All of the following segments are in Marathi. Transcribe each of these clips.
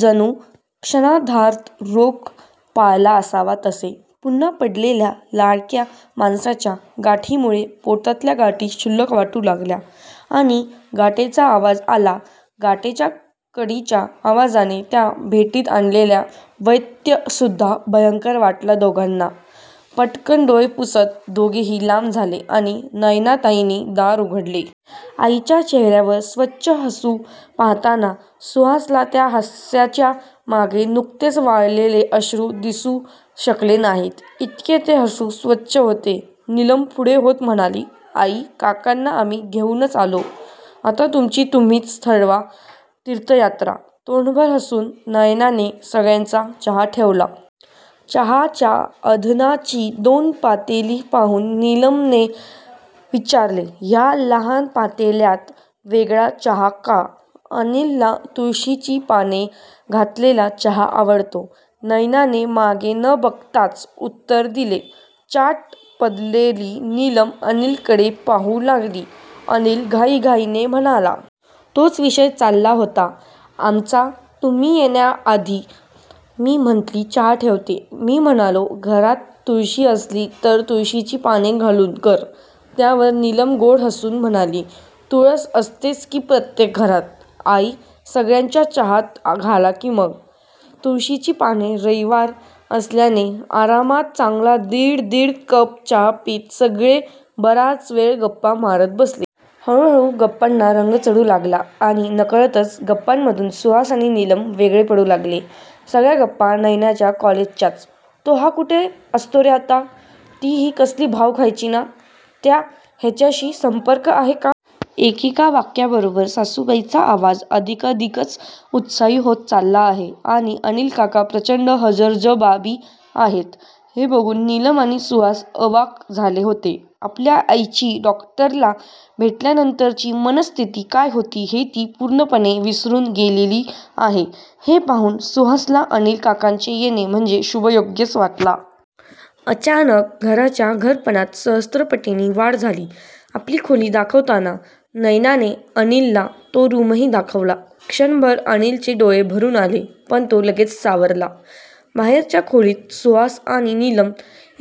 जणू क्षणार्धात रोग पळाला असावा तसे! पुन्हा पडलेल्या लाडक्या माणसाच्या गाठीमुळे पोटातल्या गाठी क्षुल्लक वाटू लागल्या. आणि गेटचा आवाज आला. गेटच्या कडीच्या आवाजाने त्या भेटीत आणलेला व्यत्ययसुद्धा भयंकर वाटला दोघांना! पटकन् डोळे पुसत दोघेही लांब झाले आणि नयनाताईंनी दार उघडले. आईच्या चेहर्यावर स्वच्छ हसू पाहताना सुहासला त्या हासाच्या मागे नुकतेच वाळलेले अश्रू दिसू शकले नाहीत, इतके ते हसू स्वच्छ होते. निलम पुढे होत म्हणाली. "आई, काकांना आम्ही घेऊनच आलो. आता तुमची तुम्हीच ठरवा तीर्थयात्रा"तोंडभर हसून नयनाने सगळ्यांचा चहा ठेवला. चहाच्या आधणाची दोन पातेली पाहून निलमने विचारले. ह्या लहान पातेल्यात वेगळा चहा का? ""अनिलला तुळशीची पाने घातलेला चहा आवडतो"नयनाने मागे न बघताच उत्तर दिले. चाट पडलेली निलम अनिलकडे पाहू लागली. अनिल घाईघाईने म्हणाला. "तोच विषय चालला होता आमचा तुम्ही येण्याआधी! ती म्हणाली चहा ठेवते, मी म्हणालो घरात तुळशी असली तर तुळशीची पाने घालून कर"त्यावर निलम गोड हसून म्हणाली. "तुळस असतेच की प्रत्येक घरात. आई, सगळ्यांच्याच चहात घाला की मग तुळशीची पाने"रविवार असल्याने आरामात चांगला दिड दिड कप चहा पीत सगळे बराच वेळ गप्पा मारत बसले. हळूहळू गप्पांना रंग चढू लागला आणि नकळतच गप्पांमधून सुहास आणि निलम वेगळे पडू लागले. सगळ्या गप्पा नयनाच्या कॉलेजच्याच! तो हा कुठे असतो रे आता? ती ही कसली भाव खायची ना? त्या ह्याच्याशी संपर्क आहे का? एकेका वाक्याबरोबर सासूबाईंचा आवाज अधिकाधिकच उत्साही होत चालला आहे आणि अनिलकाका प्रचंड हजरजबाबी आहेत हे बघून निलम आणि सुहास अवाक झाले होते. आपल्या आईची डॉक्टरला भेटल्यानंतरची मनस्थिती काय होती हे ती पूर्णपणे विसरून गेलेली आहे हे पाहून सुहासला अनिल काकांचे येणे म्हणजे शुभयोगच वाटला. अचानक 'घराच्या घरपणात' सहस्त्रपटींनी वाढ झाली. आपली खोली दाखवताना नयनाने अनिलला तो रुमालही दाखवला. क्षणभर अनिलचे डोळे भरून आले. पण तो लगेच सावरला. बाहेरच्या खोलीत सुहास आणि निलम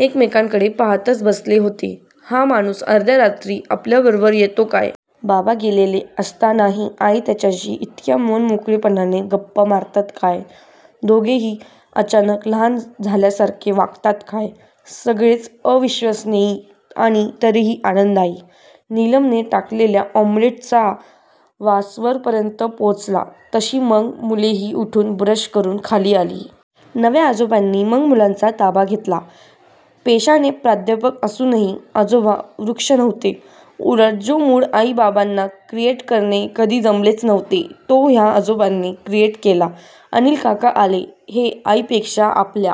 एकमेकांकडे पाहातच बसले होते. हा माणूस अर्ध्या रात्री आपल्याबरोबर येतो काय? बाबा गेलेले असतानाही आई त्याच्याशी इतक्या मनमोकळेपणाने गप्पा मारतात काय? दोघेही अचानक लहान झाल्यासारखे वागतात काय! सगळेच अविश्वसनीय आणि तरीही आनंददायी! निलमने टाकलेल्या ऑम्लेट्सचा वास वरपर्यंत पोचला तशी मग मुलेही उठून, ब्रश करून खाली आली. नव्या आजोबांनी मग मुलांचा ताबा घेतला. पेशाने प्राध्यापक असूनही आजोबा रुक्ष नव्हते. उलट जो मूड आई बाबांना क्रिएट करणे कधी जमलेच नव्हते तो ह्या आजोबांनी क्रिएट केला. अनिल काका आले हे आईंपेक्षा आपल्या